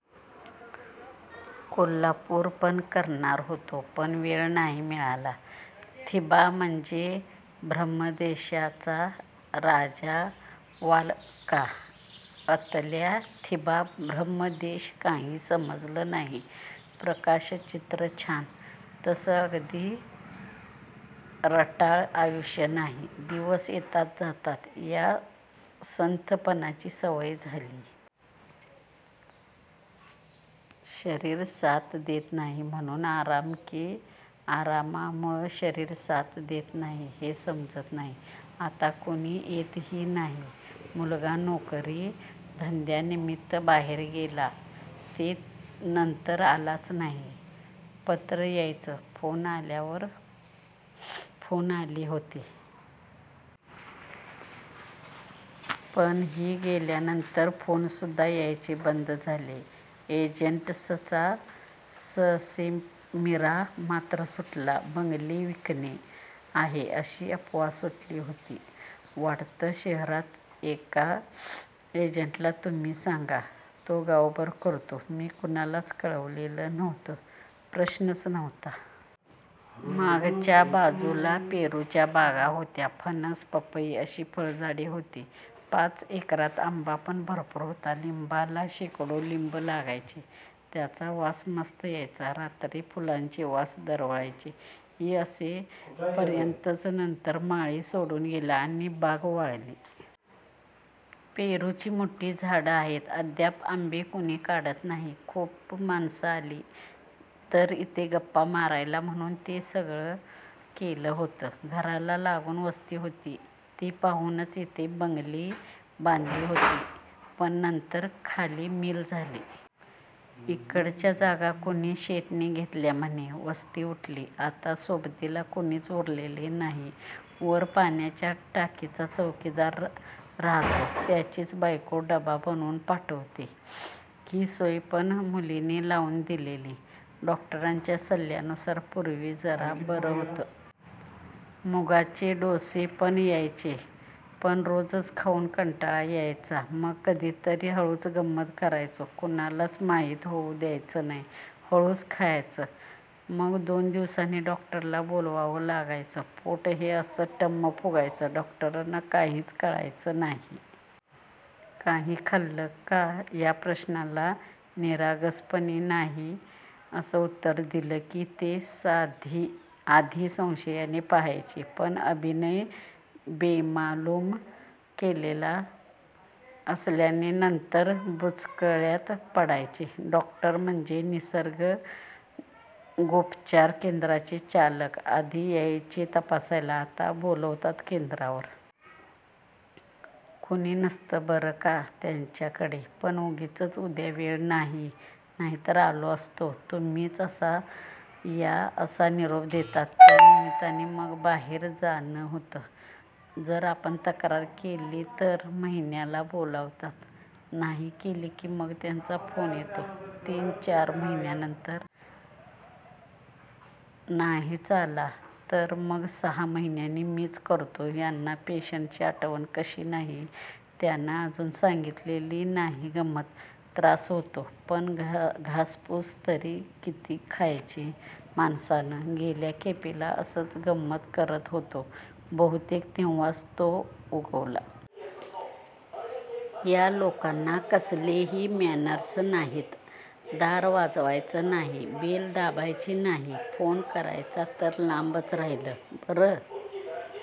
कोल्हापूर पण करणार होतो पण वेळ नाही मिळाला. थिबा म्हणजे ब्रह्मदेशाचा राजावालं का? अतल्या, थिबा ब्रम्हदेश काही समजंल नाही. प्रकाशचित्र छान! तसं अगदीच रटाळ आयुष्य नाही. दिवस येतात, जातात. या संथपणाची सवय झालीय. शरीर साथ देत नाही म्हणून आराम कि आरामामुळं शरीर साथ देत नाही हे समजत नाही. आता कुणी येतही नाही. मुलगा नोकरी धंद्यानिमित्त बाहेर गेला ते नंतर आलाच नाही. पत्रं यायचं. फोन आल्यावर फोन आले होते. पण ही गेल्यानंतर फोन सुद्धा यायचे बंद झाले. एजंट्सचा ससेमिरा मात्र सुटला. बंगली विकणे आहे अशी अफवा सुटली होती वाटतं शहरात. एका एजंटला तुम्ही सांगा, तो गावभर करतो. मी कुणालाच कळवलेलं नव्हतं. प्रश्नच नव्हता. मागच्या बाजूला पेरूच्या बागा होत्या. फणस, पपई अशी फळझाडं होती. पाच एकरात आंबा पण भरपूर होता. लिंबाला शेकडो लिंब लागायची. त्याचा वास मस्त यायचा. रात्री फुलांचे वास दरवळायचे. ही असे पर्यंतच. नंतर माळी सोडून गेला आणि बाग वाळली. पेरूची मोठी झाडं आहेत अद्याप. आंबे कुणी काढत नाही. खूप माणसं आली तर इथे गप्पा मारायला म्हणून हे सगळं केलं होतं. घराला लागून वस्ती होती. ती पाहूनच इथे बंगली बांधली होती. पण नंतर खाली मिल झाली. इकडच्या जागा कूणी शेठने घेतल्या म्हणे. वस्ती उठली. आता सोबतीला कुणीच उरलेलं नाही. वर पाण्याच्या टाकीचा चौकीदार राहतो. त्याचीच बायको डबा बनवून पाठवते. ही सोय पण मुलीने लावून दिलेली. डॉक्टरच्या सल्ल्यानुसार. पूर्वी जरा बरं होतं. मुगाचे डोसे पण यायचे. पण रोजच खाऊन कंटाळा यायचा. मग कधीतरी हळूच गंमत करायचो. कुणालाच माहीत होऊ द्यायचं नाही. हळूच खायचं. मग दोन दिवसांनी डॉक्टरला बोलवावं लागायचं. पोट हे असं टम्म फुगायचं. डॉक्टरांना काहीच कळायचं नाही. काही खाल्लं का? या प्रश्नाला निरागसपणे नाही असं उत्तर दिलं की ते आधी संशयाने पहायचे. पण अभिनय बेमालूम केलेला असल्याने नंतर बुचकळ्यात पडायचे. डॉक्टर म्हणजे निर्सगोपचार केंद्राचे चालक. आधी यायचे तपासायला. आता बोलवतात केंद्रावर. कुणी नसतं बरं का त्यांच्याकडे. पण उगीचच उद्या वेळ नाही नाहीतर आलो असतो. तुम्हीच या असा निरोप देतात. त्या निमित्ताने मग बाहेर जाणं होतं. जर आपण तक्रार केली तर महिन्याला बोलवतात. नाही केली की मग त्यांचा फोन येतो तीन चार महीन्यानंतर. नाहीच आला तर मग सहा महीन्यांनी मीच करतो. यांना पेशंटची आठवण कशी नाही? त्यांन अजून सांगितलेली नाही गंमत. त्रास होतो. पण घासपूस तरी किती खायची माणसानं? गेल्या खेपेला असंच गंमत करत होतो बहुतेक तेव्हांच तो उगवला. या लोकांना कसलेही मॅनर्स नाहीत. दार वाजवायचं नाही, बेल दाबायची नाही. फोन करायचा तर लांबच राहीलं. बर